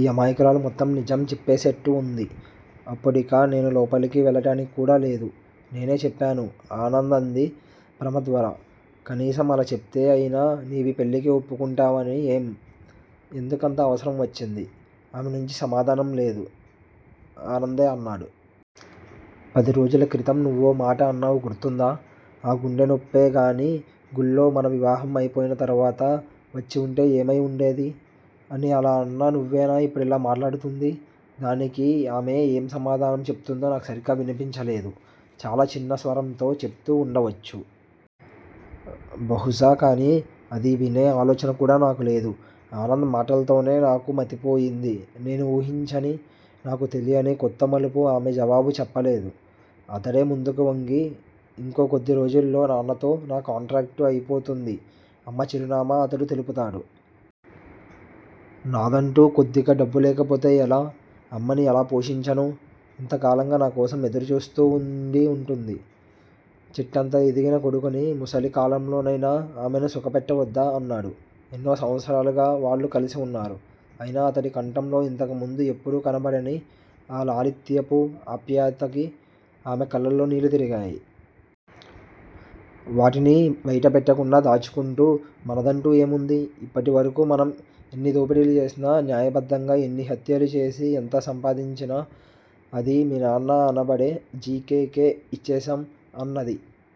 ఈ అమాయకురాలు మొత్తం నిజం చెప్పేసేట్టూ వుంది. అప్పుడిక నేను లోపలికి వెళ్ళటానికి కూడా లేదు. నేనే చెప్పాను ఆనంద్ అంది ప్రమద్వర. కనీసం అలా చెప్తే అయినా నీవీ పెళ్ళికి వప్పుకుంటావని ఏం? ఎందుకంత అవసరం వచ్చింది? ఆమె నుంచి సమాధానం లేదు. ఆనందే అన్నాడు. పది రోజుల క్రితం నువ్వోమాట అన్నావు గుర్తుందా? ఆ గుండె నొప్పే గానీ గుళ్ళో మన వివాహం అయిపోయిన తరువాత వచ్చివుంటే ఏమై వుండేది? అని అలా అన్న నువ్వేనా ఇప్పుడిలా మాట్లాడుతూంది? దానికి ఆమె ఏం సమాధానం చెపుతూందో నాకు సరిగ్గా వినిపించలేదు. చాలా చిన్న స్వరంతో చెపుతూ వుండవచ్చు. బహుశా కానీ అది వినే ఆలోచన కూడా నాకు లేదు. ఆనంద్ మాటల్తోనే నాకు మతిపోయింది నేను వూహించని, నాకు తెలియని కొత్త మలుపు ఆమె జవాబు చెప్పలేదు. అతడే ముందుకు వంగి, ఇంకో కొద్ది రోజుల్లో నాన్నతో నా కాంట్రాక్టు అయిపోతుంది. అమ్మ చిరునామా అతడు తెలుపుతాడు. నాదంటూ కొద్దిగా డబ్బు లేకపోతే ఎలా! అమ్మని ఎలా పోషించను! ఇంత కాలంగా నా కోసం ఎదురుచూస్తూ వుండి ఉంటుంది. చెట్టంత ఎదిగిన కొడుకుని! ముసలి కాలంలో నైనా ఆమెని సుఖపెట్టవద్దా? అన్నాడు. ఎన్నో సంవత్సరాలుగా వాళ్ళు కలిసివున్నారు. అయినా అతడి కంఠంలో ఇంతకుముందు ఎప్పుడూ కనపడని ఆ లాలిత్యపు ఆప్యాయతకి ఆమె కళ్ళల్లో నీళ్ళు తిరిగాయి. వాటిని బయట పెట్టకుండా దాచుకుంటూ, మనదంటూ ఏముంది? ఇప్పటివరకూ మనం ఎన్ని దోపిడీలు చేసినా, న్యాయబద్ధంగా ఎన్ని హత్యలు చేసి ఎంత సంపాదించినా అది మీ నాన్న అనబడే జి. కే. కే ఇచ్చేసేం అన్నది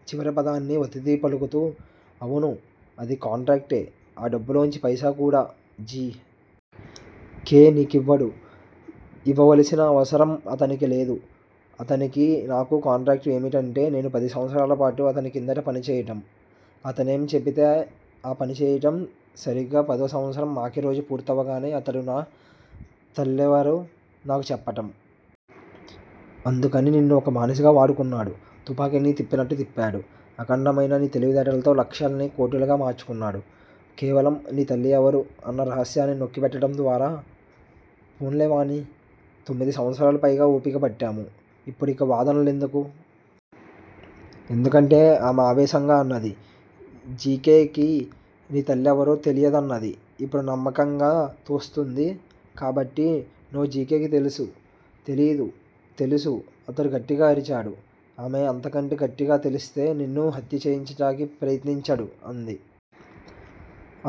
చివరి పదాన్ని వత్తి పలుకుతూ. అవును. అదీ కాంట్రాక్టే ఆ డబ్బులోంచి పైసా కూడా జి. కే. నీ కివ్వడు ఇవ్వవలసిన అవసరం అతనికి లేదు. అతనికీ నాకూ కాంట్రాక్టు ఏమిటంటే- నేను పది సంవత్సరాల పాటు అతని క్రింద పనిచేయటం- అతనేం చెపితే ఆ పనిచేయటం- సరీగా పదో సంవత్సరం ఆఖరి రోజు పూర్తవగానే అతడు నా తల్లెవరో నాకు చెప్పటం. అందుకని నిన్ను ఒక బానిసగా వాడుకున్నాడు. తుపాకిని తిప్పినట్టు తిప్పాడు. అఖండమైన నీ తెలివితేటల్తో లక్షల్ని కోట్లుగా మార్చుకున్నాడు. కేవలం, నీ తల్లి ఎవరు, అన్న రహస్యాన్ని నొక్కి పెట్టటం ద్వారా- పోన్లే వాణి, తొమ్మిది సంవత్సరాల పైగా ఓపిక పట్టాము. ఇప్పుడిక వాదన లెందుకు? ఎందుకంటే ఆమె ఆవేశంగా అన్నది. జి. కె. కి నీ తల్లి ఎవరో తెలియదన్నది ఇప్పుడు నమ్మకంగా తోస్తూంది కాబట్టి నో జి. కె. కి తెలుసు. తెలీదు, తెలుసు అతడు గట్టిగా అరిచాడు. ఆమె అంతకంటే గట్టిగా తెలుస్తే నిన్ను హత్యచేయించటానికి ప్రయత్నించడు అంది.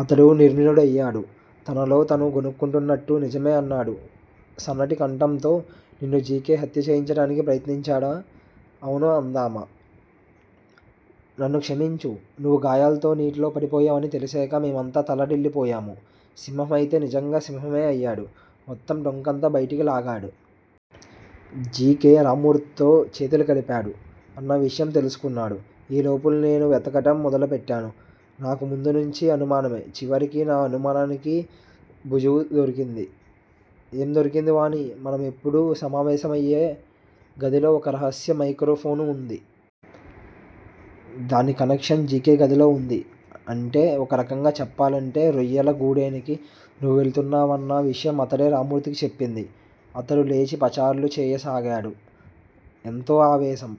అతడు నిర్విణ్ణుడయ్యాడు. తనలో తనే గొణుక్కుంటున్నట్టు నిజమా అన్నాడు సన్నటి కంఠంతో నన్ను జి. కె. హత్య చేయించటానికి ప్రయత్నించాడా? అవును అందామె. నన్ను క్షమించు. నువ్వు గాయాల్తో నీటిలో పడిపోయావని తెలిశాక మేమంతా తల్లడిల్లిపోయాము. సింహం అయితే నిజంగా సింహమే అయ్యాడు. మొత్తం డొంకంతా బయటికి లాగాడు. జి. కే. రామ్మూర్తితో చేతులు కలిపాడు అన్న విషయం తెలుసుకున్నాడు. ఈ లోపులో నేను వెతకటం మొదలుపెట్టాను. నాకు ముందు నుంచీ అనుమానమే- చివరికి నా అనుమానానికి ఋజువు దొరికింది. ఏం దొరికింది వాణి మనం ఎప్పుడూ సమావేశమయ్యే గదిలో ఒక రహస్య మైక్రో ఫోను వుంది. దాని కనెక్షను జి. కే. గదిలో వుంది. అంటే- ఒక రకంగా చెప్పాలంటే రొయ్యల గూడేనికి నువ్వు వెళుతున్నావన్న విషయం అతడే రామ్మూర్తికి చెప్పింది. అతడు లేచి పచార్లు చేయ సాగాడు. ఎంతో ఆవేశం